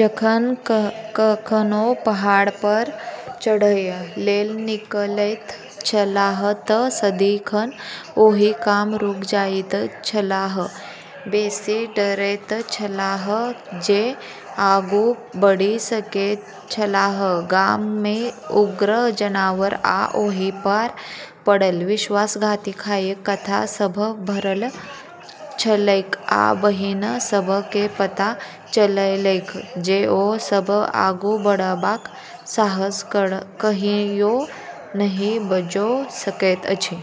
जखन कखनो पहाड़ पर चढ़य लेल निकलैत छलाह तऽ सदिखन ओही ठाम रुकि जाइत छलाह, बेसी डरैत छलाह जे आगू बढ़ि सकैत छलाह । गाम मे उग्र जानवर आ ओहि पार पड़ल विश्वासघाती खाईक कथा सभ भरल छलैक आ बहिन सभ के पता चललैक जे ओ सभ आगू बढ़बाक साहस कहियो नहि बजौ सकैत अछि।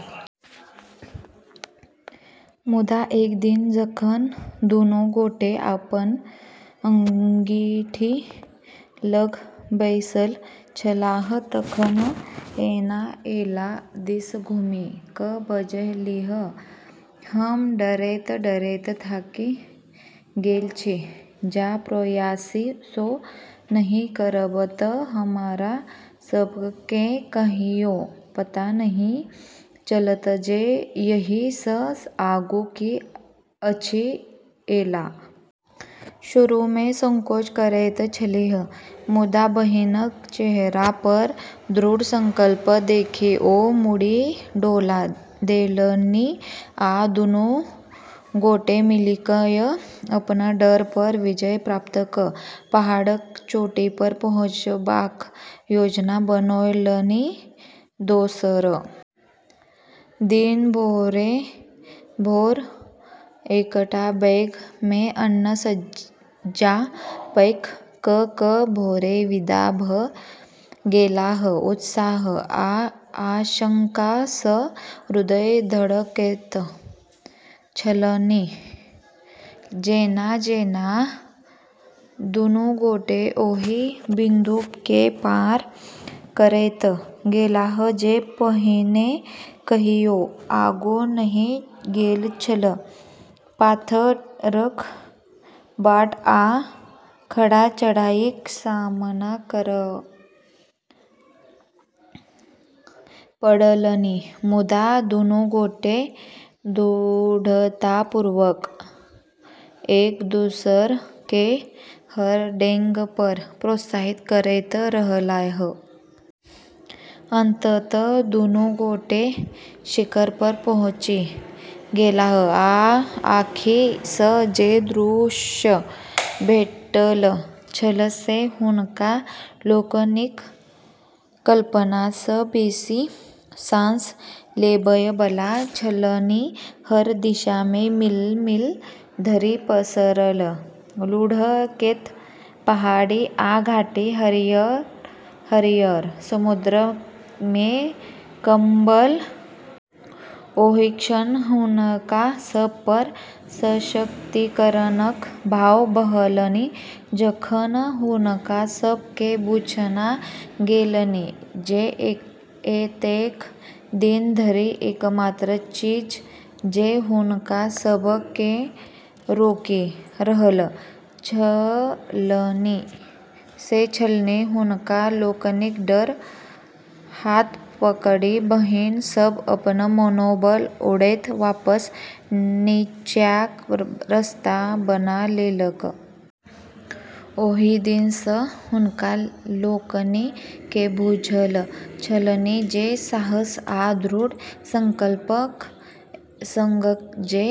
मुदा एक दिन जखन दुनू गोटे अपन अंगीठी लग बैसल छलाह तखन एना एला दिस घुमि कऽ बजलीह, हम डरैत-डरैत थाकि गेल छी । जँ प्रयासो नहि करब तऽ हमरा सभ केँ कहियो पता नहि चलत जे एहि सँ आगू की अछि ।एला शुरू मे संकोच करैत छलीह, मुदा बहिनक चेहरा पर दृढ़ संकल्प देखि ओ मुड़ी डोला देलनि आ दुनू गोटे मिलिकय अपन डर पर विजय प्राप्त कऽ पहाड़क चोटी पर पहुँचबाक योजना बनौलनि ।दोसर दिन भोरे-भोर एकटा बैग मे अन्न-सज्जा पैक कऽ कऽ भोरे विदा भऽ गेलाह, उत्साह आ आशंका सँ हृदय धड़कैत छलनि। जेना-जेना दुनू गोटे ओहि बिन्दु केँ पार करैत गेलाह जे पहिने कहियो आगू नहि गेल छल, पाथरक बाट आ खड़ा चढ़ाईक सामना करय पड़लनि, मुदा दुनू गोटे दृढ़तापूर्वक एक-दोसर केँ हर डेग पर प्रोत्साहित करैत रहलाह । अंततः दुनू गोटे शिखर पर पहुँचि गेलाह, आ आँखि सँ जे दृश्य भेटल छल से हुनका लोकनिक कल्पना सँ बेसी साँस लेबय बला छलनि। हर दिशा मे मील-मील धरि पसरल लुढ़कैत पहाड़ी आ घाटी, हरियर-हरियर समुद्र मे कम्बल। ओहि क्षण हुनका सभ पर सशक्तिकरणक भाव बहलनि, जखन हुनका सभ केँ बुझना गेलनि जे एतेक दिन धरि एकमात्र चीज जे हुनका सभ केँ रोकि रहल छलनि से छलनि हुनका लोकनिक डर। हाथ पकड़ि बहिन सभ अपन मनोबल उड़ैत वापस नीचाँक रस्ता बना लेलक। ओहि दिन सँ हुनका लोकनि केँ बुझल छलनि जे साहस आ दृढ़ संकल्पक संग जे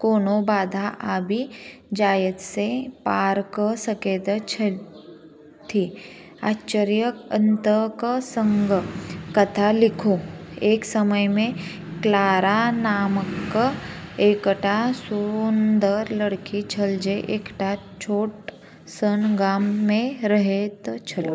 कोनो बाधा आबि जायत से पार कऽ सकैत छथि। आश्चर्यक अंतक संग कथा लिखू। एक समय मे क्लारा नामक एकटा सुन्दर लड़की छल जे एकटा छोट सन गाम मे रहैत छल।